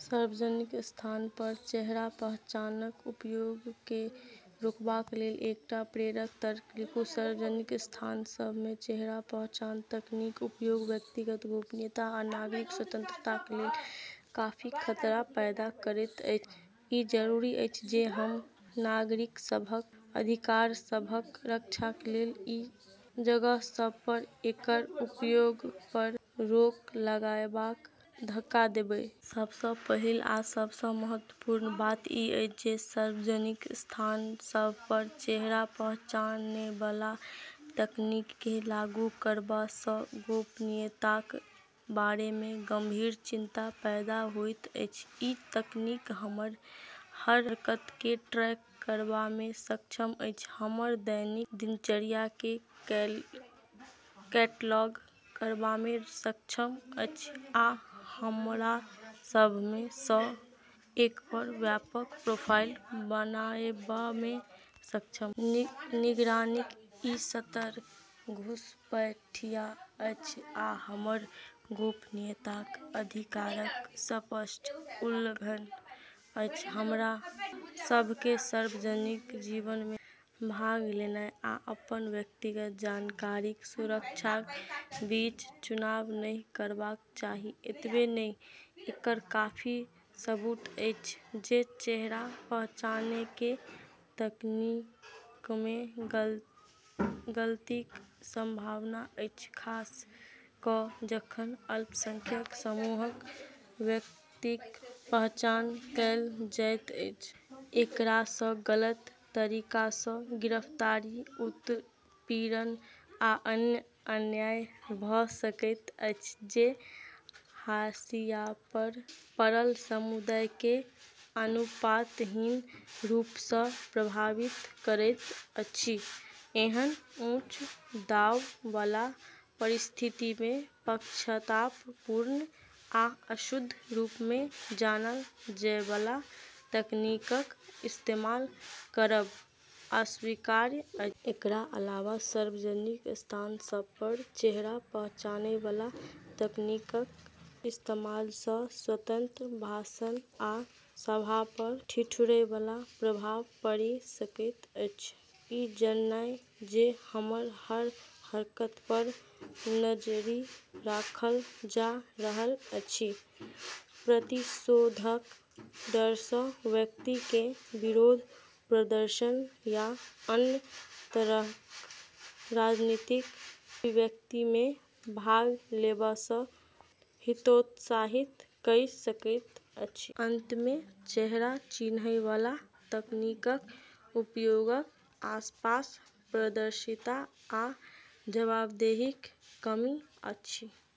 सार्वजनिक स्थानपर चेहरा पहचानक उपयोगकेँ रोकबाकलेल एकटा प्रेरक तर्क लिखू। सार्वजनिक स्थानसभमे चेहरा पहचान तकनीकक उपयोग व्यक्तिगत गोपनीयता आ नागरिक स्वतंत्रताकलेल काफी खतरा पैदा करैत अछि। ई जरूरी अछि जे हम नागरिकसभक अधिकारसभक रक्षालेल ई जगहसभपर एकर उपयोगपर रोक लगाएबाक धक्का देबै। सबसँ पहिल आ सबसँ महत्वपूर्ण बात ई अछि जे सार्वजनिक स्थानसभपर चेहरा पहचानैबाला तकनीककेँ लागू करबासँ गोपनीयताक बारेमे गंभीर चिंता पैदा होइत अछि। ई तकनीक हमर हर हरकतकेँ ट्रैक करबामे सक्षम अछि, हमर दैनिक दिनचर्याकेँ कैटलॉग करबामे सक्षम अछि, आ हमरासभमे सँ हर एकपर व्यापक प्रोफाइल बनाएबामे सक्षम अछि। निगरानीक ई स्तर घुसपैठिया अछि आ हमर गोपनीयताक अधिकारक स्पष्ट उल्लंघन अछि। हमरा सभकेँ सार्वजनिक जीवनमे भाग लेनाइ आ अपन व्यक्तिगत जानकारीक सुरक्षाक बीच चुनाव नहि करबाक चाही। एतबे नहि, एकर काफी सबूत अछि जे चेहरा पहचानैकेँ तकनीकमे गलतीक संभावना अछि, खास कऽ जखन अल्पसंख्यक समूहक व्यक्तिक पहचान कएल जाइत अछि। एकरासँ गलत तरीकासँ गिरफ्तारी, उत्पीड़न आ अन्य अन्याय भऽ सकैत अछि जे हाशियापर पड़ल समुदायकेँ अनुपातहीन रूपसँ प्रभावित करैत अछि। एहन उच्च दांवबाला परिस्थितिमे पक्षपातपूर्ण आ अशुद्ध रूपमे जानल जाएबाला तकनीकक इस्तेमाल करब अस्वीकार्य अछि। एकरा अलावा सार्वजनिक स्थानसभपर चेहरा पहचानैबाला तकनीकक इस्तेमालसँ स्वतंत्र भाषण आ सभापर ठिठुरैबाला प्रभाव पड़ि सकैत अछि। ई जाननाइ जे हमर हर हरकतपर नजरि रखल जा रहल अछि, प्रतिशोधक डरसँ व्यक्ति केँ विरोध प्रदर्शन या अन्य तरहक राजनीतिक अभिव्यक्तिमे भाग लेबासँ हतोत्साहित कइ सकैत अछि। अंतमे, चेहरा चिन्हयवला तकनीकक उपयोगक आसपास पारदर्शिता आ जवाबदेहीक कमी अछि।